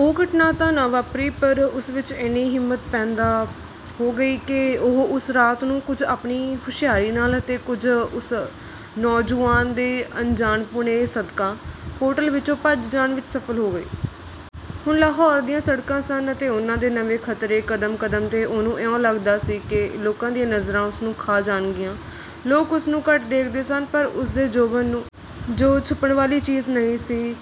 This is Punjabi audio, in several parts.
ਉਹ ਘਟਨਾ ਤਾਂ ਨਾ ਵਾਪਰੀ, ਪਰ ਉਸ ਵਿਚ ਏਨੀ ਹਿੰਮਤ ਪੈਦਾ ਹੋ ਗਈ ਕਿ ਉਹ ਉਸ ਰਾਤ ਨੂੰ, ਕੁਝ ਆਪਣੀ ਹੁਸ਼ਿਆਰੀ ਨਾਲ ਅਤੇ ਕੁਝ ਉਸ ਨੌਜੁਆਨ ਦੇ ਅਣਜਾਣਪੁਣੇ ਸਦਕਾ, ਹੋਟਲ ਵਿਚੋਂ ਭੱਜ ਜਾਣ ਵਿਚ ਸਫ਼ਲ ਹੋ ਗਈ। ਹੁਣ ਲਾਹੌਰ ਦੀਆਂ ਸੜਕਾਂ ਸਨ ਅਤੇ ਉਨ੍ਹਾਂ ਦੇ ਨਵੇਂ ਖ਼ਤਰੇ, ਕਦਮ ਕਦਮ 'ਤੇ ਉਹਨੂੰ ਇਉਂ ਲੱਗਦਾ ਸੀ ਕਿ ਲੋਕਾਂ ਦੀਆਂ ਨਜ਼ਰਾਂ ਉਸਨੂੰ ਖਾ ਜਾਣਗੀਆਂ; ਲੋਕ ਉਸਨੂੰ ਘੱਟ ਦੇਖਦੇ ਸਨ, ਪਰ ਉਸਦੇ ਜੋਬਨ ਨੂੰ, ਜੋ ਛੁਪਣ ਵਾਲੀ ਚੀਜ਼ ਨਹੀਂ ਸੀ,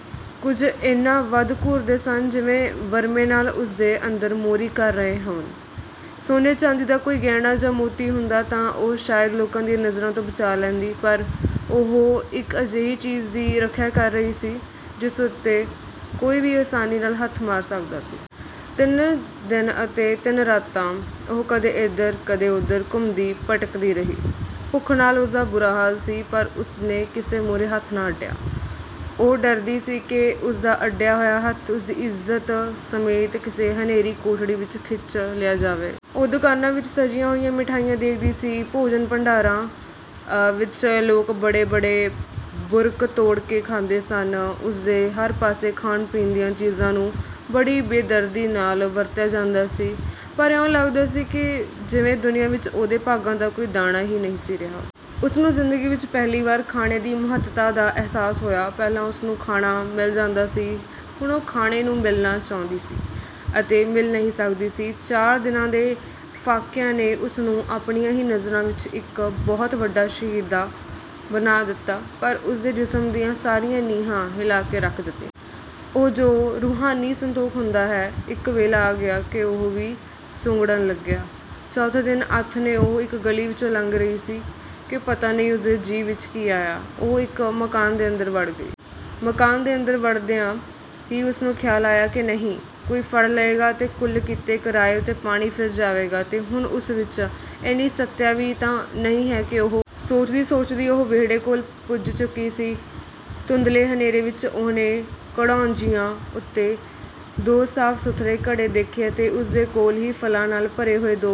ਕੁਝ ਏਨਾ ਵੱਧ ਘੂਰਦੇ ਸਨ, ਜਿਵੇਂ ਵਰਮੇ ਨਾਲ ਉਸਦੇ ਅੰਦਰ ਮੋਰੀ ਕਰ ਰਹੇ ਹੋਣ; ਸੋਨੇ-ਚਾਂਦੀ ਦਾ ਕੋਈ ਗਹਿਣਾ ਜਾਂ ਮੋਤੀ ਹੁੰਦਾ ਤਾਂ ਉਹ ਸ਼ਾਇਦ ਲੋਕਾਂ ਦੀਆਂ ਨਜ਼ਰਾਂ ਤੋਂ ਬਚਾਅ ਲੈਂਦੀ, ਪਰ ਉਹ ਇਕ ਅਜਿਹੀ ਚੀਜ਼ ਦੀ ਰੱਖਿਆ ਕਰ ਰਹੀ ਸੀ, ਜਿਸ ਉਤੇ ਕੋਈ ਵੀ ਅਸਾਨੀ ਨਾਲ ਹੱਥ ਮਾਰ ਸਕਦਾ ਸੀ। ਤਿੰਨ ਦਿਨ ਅਤੇ ਤਿੰਨ ਰਾਤਾਂ ਉਹ ਕਦੇ ਏਧਰ, ਕਦੇ ਓਧਰ ਘੁੰਮਦੀ-ਭਟਕਦੀ ਰਹੀ। ਭੁੱਖ ਨਾਲ ਉਸਦਾ ਬੁਰਾ ਹਾਲ ਸੀ, ਪਰ ਉਸਨੇ ਕਿਸੇ ਮੂਹਰੇ ਹੱਥ ਨਾ ਅੱਡਿਆ। ਉਹ ਡਰਦੀ ਸੀ ਕਿ ਉਸਦਾ ਅੱਡਿਆ ਹੋਇਆ ਹੱਥ ਉਸਦੀ ਇੱਜ਼ਤ ਸਮੇਤ ਕਿਸੇ ਹਨੇਰੀ ਕੋਠੜੀ ਵਿਚ ਖਿੱਚ ਲਿਆ ਜਾਵੇਗਾ। ਉਹ ਦੁਕਾਨਾਂ ਵਿਚ ਸਜੀਆਂ ਹੋਈਆਂ ਮਿਠਾਈਆਂ ਦੇਖਦੀ ਸੀ; ਭੋਜਨ-ਭੰਡਾਰਾਂ ਵਿਚ ਲੋਕ ਬਡੇ-ਬਡੇ ਬੁਰਕ ਤੋੜ ਕੇ ਖਾਂਦੇ ਸਨ; ਉਸਦੇ ਹਰ ਪਾਸੇ ਖਾਣ-ਪੀਣ ਦੀਆਂ ਚੀਜ਼ਾਂ ਨੂੰ ਬੜੀ ਬੇਦਰਦੀ ਨਾਲ ਵਰਤਿਆ ਜਾਂਦਾ ਸੀ; ਪਰ ਇਉਂ ਲਗਦਾ ਸੀ ਜਿਵੇਂ ਦੁਨੀਆ ਵਿਚ ਉਹਦੇ ਭਾਗਾਂ ਦਾ ਕੋਈ ਦਾਣਾ ਹੀ ਨਹੀਂ ਸੀ ਰਿਹਾ। ਉਸਨੂੰ ਜ਼ਿੰਦਗੀ ਵਿਚ ਪਹਿਲੀ ਵਾਰ ਖਾਣੇ ਦੀ ਮਹੱਤਤਾ ਦਾ ਅਹਿਸਾਸ ਹੋਇਆ। ਪਹਿਲਾਂ ਉਸਨੂੰ ਖਾਣਾ ਮਿਲ ਜਾਂਦਾ ਸੀ, ਹੁਣ ਉਹ ਖਾਣੇ ਨੂੰ ਮਿਲਣਾ ਚਾਹੁੰਦੀ ਸੀ ਅਤੇ ਮਿਲ ਨਹੀਂ ਸਕਦੀ ਸੀ। ਚਾਰ ਦਿਨਾਂ ਦੇ ਫਾਕਿਆਂ ਨੇ ਉਸਨੂੰ ਆਪਣੀਆਂ ਹੀ ਨਜ਼ਰਾਂ ਵਿਚ ਇਕ ਬਹੁਤ ਵੱਡਾ ਸ਼ਹੀਦ ਤਾਂ ਬਣਾ ਦਿੱਤਾ, ਪਰ ਉਸ ਦੇ ਜਿਸਮ ਦੀਆਂ ਸਾਰੀਆਂ ਨੀਹਾਂ ਹਿਲਾਅ ਕੇ ਰੱਖ ਦਿੱਤੀਆਂ। ਉਹ ਜੋ ਰੂਹਾਨੀ ਸੰਤੋਖ ਹੁੰਦਾ ਹੈ, ਇਕ ਵੇਲਾ ਆ ਗਿਆ ਕਿ ਉਹ ਵੀ ਸੁੰਗੜਨ ਲੱਗਿਆ। ਚੌਥੇ ਦਿਨ ਆਥਣੇ ਉਹ ਇਕ ਗਲੀ ਵਿਚੋਂ ਲੰਘ ਰਹੀ ਸੀ, ਕਿ ਪਤਾ ਨਹੀਂ ਉਸਦੇ ਜੀਅ ਵਿਚ ਕੀ ਆਇਆ, ਉਹ ਇਕ ਮਕਾਨ ਦੇ ਅੰਦਰ ਵੜ ਗਈ। ਮਕਾਨ ਦੇ ਅੰਦਰ ਵੜਦਿਆਂ ਹੀ ਉਸਨੂੰ ਖ਼ਿਆਲ ਆਇਆ ਕਿ ਨਹੀਂ, ਕੋਈ ਫੜ ਲਏਗਾ ਅਤੇ ਕੁੱਲ ਕੀਤੇ ਕਰਾਏ ਉਤੇ ਪਾਣੀ ਫਿਰ ਜਾਵੇਗਾ ਅਤੇ ਹੁਣ ਉਸ ਵਿਚ ਏਨੀ ਸੱਤਿਆ ਵੀ ਤਾਂ ਨਹੀਂ ਹੈ ਕਿ ਉਹ..?? ਸੋਚਦੀ ਸੋਚਦੀ ਉਹ ਵਿਹੜੇ ਕੋਲ ਪੁੱਜ ਚੁੱਕੀ ਸੀ। ਧੁੰਦਲੇ ਹਨੇਰੇ ਵਿਚ ਉਹਨੇ ਘੜੌਂਜੀਆਂ ਉਤੇ ਦੋ ਸਾਫ਼-ਸੁਥਰੇ ਘੜੇ ਦੇਖੇ ਅਤੇ ਉਸਦੇ ਕੋਲ ਹੀ ਫਲਾਂ ਨਾਲ ਭਰੇ ਹੋਏ ਦੋ